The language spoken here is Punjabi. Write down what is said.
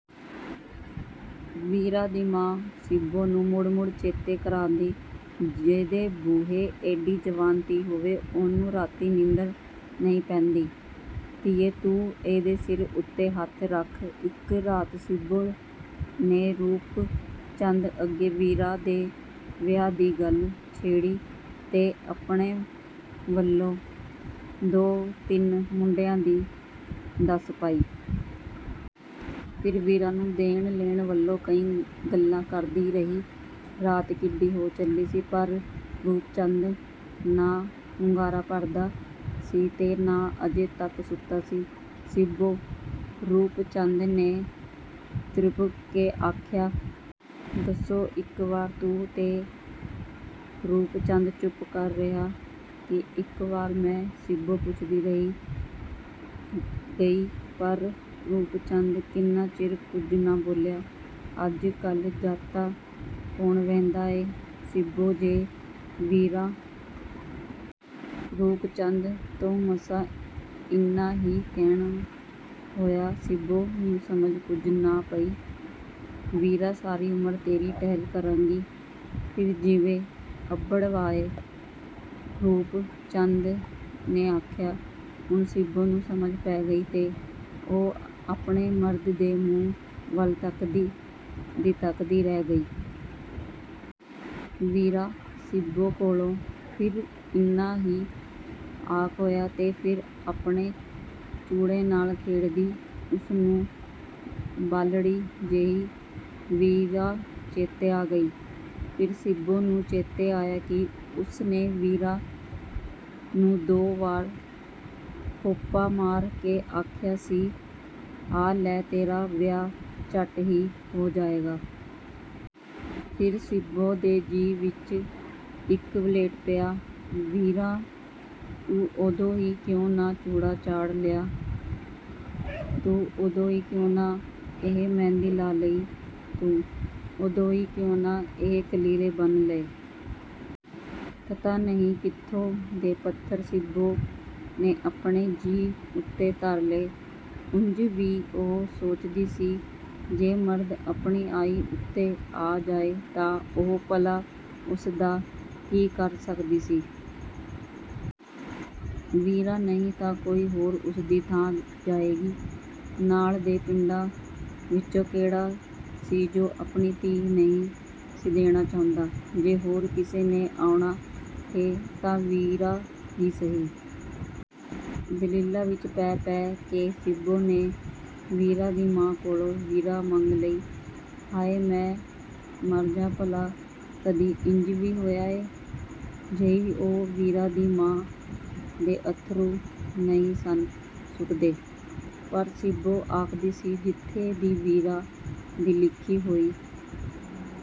ਵੀਰਾਂ ਦੀ ਮਾਂ ਸ਼ਿੱਬੋ ਨੂੰ ਮੁੜ-ਮੁੜ ਚੇਤੇ ਕਰਾਂਦੀ, “ਜਿਹਦੇ ਬੂਹੇ ਏਡੀ ਜਵਾਨ ਧੀ ਹੋਵੇ, ਉਹਨੂੰ ਰਾਤੀਂ ਨੀਂਦਰ ਨਹੀਂ ਪੈਂਦੀ, ਧੀਏ! ਤੂੰ ਇਹਦੇ ਸਿਰ ਉੱਤੇ ਹੱਥ ਰੱਖ...” ਇੱਕ ਰਾਤ ਸ਼ਿੱਬੋ ਨੇ ਰੂਪ ਚੰਦ ਅੱਗੇ ਵੀਰਾਂ ਦੇ ਵਿਆਹ ਦੀ ਗੱਲ ਛੇੜੀ ਤੇ ਆਪਣੀ ਵੱਲੋਂ ਦੋ-ਤਿੰਨ ਮੁੰਡਿਆਂ ਦੀ ਦੱਸ ਪਾਈ। ਫਿਰ ਵੀਰਾਂ ਨੂੰ ਦੇਣ-ਲੈਣ ਵੱਲੋਂ ਕਈ ਗੱਲਾਂ ਕਰਦੀ ਰਹੀ। ਰਾਤ ਕਿੱਡੀ ਹੋ ਚੱਲੀ ਸੀ, ਪਰ ਰੂਪ ਚੰਦ ਨਾ ਹੁੰਗਾਰਾ ਭਰਦਾ ਸੀ ਤੇ ਨਾ ਅਜੇ ਤੱਕ ਸੁੱਤਾ ਸੀ। “ਸ਼ਿੱਬੋ?” ਰੂਪ ਚੰਦ ਨੇ ਤ੍ਰਭਕ ਕੇ ਆਖਿਆ। “ਦੱਸੋ।” “ਇੱਕ ਵਾਰ ਤੂੰ...” ਤੇ ਰੂਪ ਚੰਦ ਚੁੱਪ ਕਰ ਰਿਹਾ। “ਕੀ ਇੱਕ ਵਾਰ ਮੈਂ...?” ਸ਼ਿੱਬੋ ਪੁੱਛਦੀ ਰਹਿ ਗਈ, ਪਰ ਰੂਪ ਚੰਦ ਕਿੰਨਾ ਚਿਰ ਕੁਝ ਨਾ ਬੋਲਿਆ। “ਅੱਜ-ਕੱਲ੍ਹ ਜਾਤਾਂ ਕੌਣ ਵੇਂਹਦਾ ਏ, ਸ਼ਿੱਬੋ। ਜੇ ਵੀਰਾਂ...” ਰੂਪ ਚੰਦ ਤੋਂ ਮਸਾਂ ਇੰਨਾ ਹੀ ਕਹਿਣ ਹੋਇਆ। ਸ਼ਿੱਬੋ ਨੂੰ ਸਮਝ ਕੁਝ ਨਾ ਪਈ। “ਵੀਰਾਂ ਸਾਰੀ ਉਮਰ ਤੇਰੀ ਟਹਿਲ ਕਰੇਗੀ...” ਫਿਰ ਜਿਵੇਂ ਅੱਬੜ-ਵਾਹੇ ਰੂਪ ਚੰਦ ਨੇ ਆਖਿਆ। ਹੁਣ ਸ਼ਿੱਬੋ ਨੂੰ ਸਮਝ ਪੈ ਗਈ ਤੇ ਉਹ ਆਪਣੇ ਮਰਦ ਦੇ ਮੂੰਹ ਵੱਲ ਤੱਕਦੀ ਦੀ ਤੱਕਦੀ ਰਹਿ ਗਈ। “ਵੀਰਾਂ...” ਸ਼ਿੱਬੋ ਕੋਲੋਂ ਫਿਰ ਇੰਨਾ ਹੀ ਆਖ ਹੋਇਆ ਤੇ ਫਿਰ ਆਪਣੇ ਚੂੜੇ ਨਾਲ ਖੇਡਦੀ ਉਸ ਨੂੰ ਬਾਲੜੀ ਜਿਹੀ ਵੀਰਾਂ ਚੇਤੇ ਆ ਗਈ। ਫਿਰ ਸ਼ਿੱਬੋ ਨੂੰ ਚੇਤੇ ਆਇਆ ਕਿ ਉਸ ਨੇ ਵੀਰਾਂ ਨੂੰ ਦੋ ਵਾਰ ਖੋਪਾ ਮਾਰ ਕੇ ਆਖਿਆ ਸੀ, “ਆਹ ਲੈ, ਤੇਰਾ ਵਿਆਹ ਝੱਟ ਹੀ ਹੋ ਜਾਏਗਾ।” ਫਿਰ ਸ਼ਿੱਬੋ ਦੇ ਜੀਅ ਵਿੱਚ ਇੱਕ ਵਲ੍ਹੇਟ ਪਿਆ। “ਵੀਰਾਂ, ਤੂੰ ਉਦੋਂ ਹੀ ਕਿਉਂ ਨਾ ਚੂੜਾ ਚਾੜ੍ਹ ਲਿਆ... ਤੂੰ ਉਦੋਂ ਹੀ ਕਿਉਂ ਨਾ ਇਹ ਮਹਿੰਦੀ ਲਾ ਲਈ... ਤੂੰ ਉਦੋਂ ਹੀ ਕਿਉਂ ਨਾ ਇਹ ਕਲੀਰੇ ਬੰਨ੍ਹ ਲਏ...” ਪਤਾ ਨਹੀਂ ਕਿੱਥੋਂ ਦੇ ਪੱਥਰ ਸ਼ਿੱਬੋ ਨੇ ਆਪਣੇ ਜੀਅ ਉੱਤੇ ਧਰ ਲਏ। ਉਂਝ ਵੀ ਉਹ ਸੋਚਦੀ ਸੀ, ਜੇ ਮਰਦ ਆਪਣੀ ਆਈ ਉੱਤੇ ਆ ਜਾਏ ਤਾਂ ਉਹ ਭਲਾ ਉਸ ਦਾ ਕੀ ਕਰ ਸਕਦੀ ਸੀ। ਵੀਰਾਂ ਨਹੀਂ ਤਾਂ ਕੋਈ ਹੋਰ ਉਸ ਦੀ ਥਾਂ ਆ ਜਾਏਗੀ। ਨਾਲ ਦੇ ਪਿੰਡਾਂ ਵਿੱਚੋਂ ਕੇਹੜਾ ਸੀ ਜੋ ਆਪਣੀ ਧੀ ਨਹੀਂ ਸੀ ਦੇਣਾ ਚਾਹੁੰਦਾ? “ਜੇ ਹੋਰ ਕਿਸੇ ਨੇ ਆਉਣਾ ਏ ਤਾਂ ਵੀਰਾਂ ਹੀ ਸਹੀ...” ਦਲੀਲਾਂ ਵਿੱਚ ਪੈ-ਪੈ ਕੇ ਸ਼ਿੱਬੋ ਨੇ ਵੀਰਾਂ ਦੀ ਮਾਂ ਕੋਲੋਂ ਵੀਰਾਂ ਮੰਗ ਲਈ। “ਹਾਏ, ਮੈਂ ਮਰ ਜਾਂ... ਭਲਾ ਕਦੀ ਇੰਜ ਵੀ ਹੋਇਆ ਏ... ਜਹੀ ਉਹ...” ਵੀਰਾਂ ਦੀ ਮਾਂ ਦੇ ਅੱਥਰੂ ਨਹੀਂ ਸਨ ਸੁੱਕਦੇ, ਪਰ ਸ਼ਿੱਬੋ ਆਖਦੀ ਸੀ, “ਜਿੱਥੇ ਦੀ ਵੀਰਾਂ ਦੀ ਲਿਖੀ ਹੋਈ...”